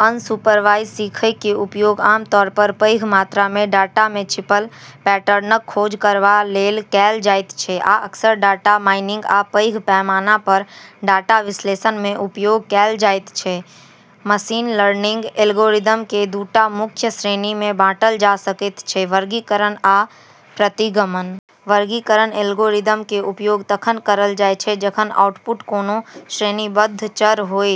Unsupervised सीखयके उपयोग आमतौर पर पैघ मात्रामे डाटामे छिपल पैटर्नक खोज करबा लेल कैल जायत छै, आ अक्सर डाटा माइनिंग आ पैघ पैमाना पर डाटा विश्लेषणमे उपयोग कैल जायत छै । मशीन लर्निंग एल्गोरिदमके दू टा मुख्य श्रेणीमे बांटल जा सकैत छै वर्गीकरण आ प्रतिगमन । वर्गीकरण एल्गोरिदमके उपयोग तखन करल जाय छै जखन आउटपुट कोनों श्रेणीबद्ध चर होइ,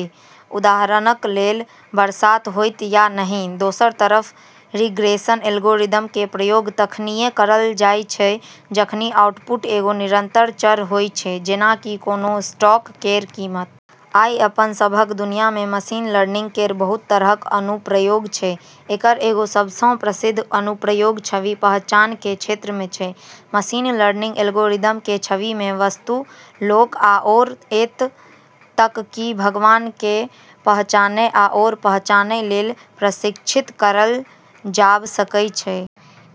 उदाहरणक लेल, बरसात होइत या नहि? दोसरा तरफ रिग्रेशन एल्गोरिदमके प्रयोग तखनिये करल जाय छै जखनि आउटपुट एगो निरंतर चर होइ छै, जेना कि कोनो स्टॉक केर कीमत। आइ अपन सबहक दुनियामे मशीन लर्निंग केर बहुत तरहक अनुप्रयोग छै। एकर एगो सबसँ प्रसिद्ध अनुप्रयोग छवि पहचानके क्षेत्रमे छै। मशीन लर्निंग एल्गोरिदमके छविमे वस्तु, लोक आओर एत' तक कि भावनाके पहचानै आओर पहचानै लेल प्रशिक्षित करल जाब सकै छै।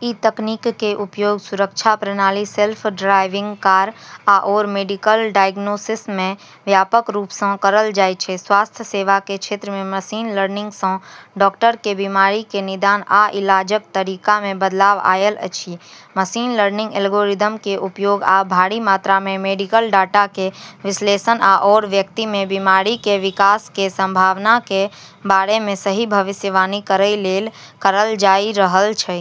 ई तकनीकके उपयोग सुरक्षा प्रणाली, सेल्फ ड्राइविंग कार, आओर मेडिकल डायग्नोसिसमे व्यापक रूपसँ करल जाइ छै। स्वास्थ्य सेवाके क्षेत्रमे मशीन लर्निंगसँ डॉक्टरके बीमारीके निदान आ इलाजक तरीकामे बदलाव आयल अछि । मशीन लर्निंग एल्गोरिदमके उपयोग आब भारी मात्रामे मेडिकल डाटाके विश्लेषण आओर व्यक्तिमे बीमारीके विकासके संभावनाके बारेमे सही भविष्यवाणी करै लेल करल जाइ रहल छै।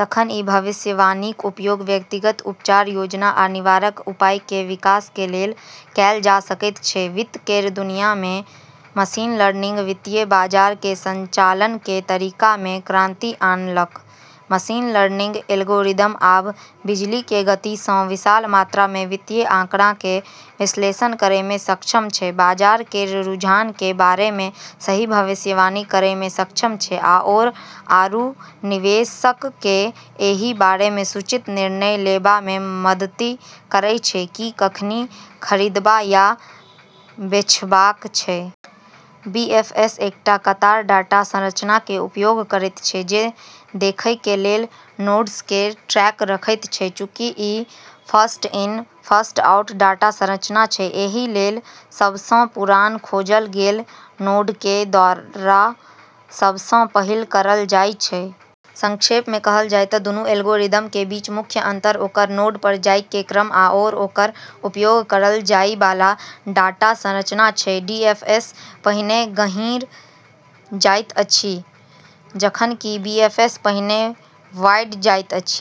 तखन ई भविष्यवाणीक उपयोग व्यक्तिगत उपचार योजना आ निवारक उपायके विकासके लेल कैल जा सकैत छै । वित्त केर दुनियामे मशीन लर्निंग वित्तीय बाजारके संचालनके तरीकामे क्रांति आनलक । मशीन लर्निंग एल्गोरिदम आब बिजलीके गतिसँ विशाल मात्रामे वित्तीय आंकड़ाके विश्लेषण करैमे सक्षम छै, बाजार केर रुझानके बारेमे सही भविष्यवाणी करैमे सक्षम छै आओर आरू निवेशकके एहि बारेमे सूचित निर्णय लेबामे मदति करै छै कि कखनि खरिदबा या बेछबाक छै। बीएफएस एकटा कतार डाटा संरचनाके उपयोग करैत छै, जे देखैके लेल नोड्सके ट्रैक रखैत छै । चूँकि ई फर्स्ट-इन, फर्स्ट-आउट डाटा संरचना छै, एहि लेल सबसँ पुरान खोजल गेल नोडके दौरा सबसँ पहिले करल जाइ छै। संक्षेपमे कहल जाइ त' दूनू एल्गोरिदमके बीच मुख्य अंतर ओकर नोड पर जाइके क्रम आओर ओकर उपयोग करल जाइबाला डाटा संरचना छै। डीएफएस पहिने गहींर जाइत अछि, जखन कि बीएफएस पहिने वाइड जाइत अछि ।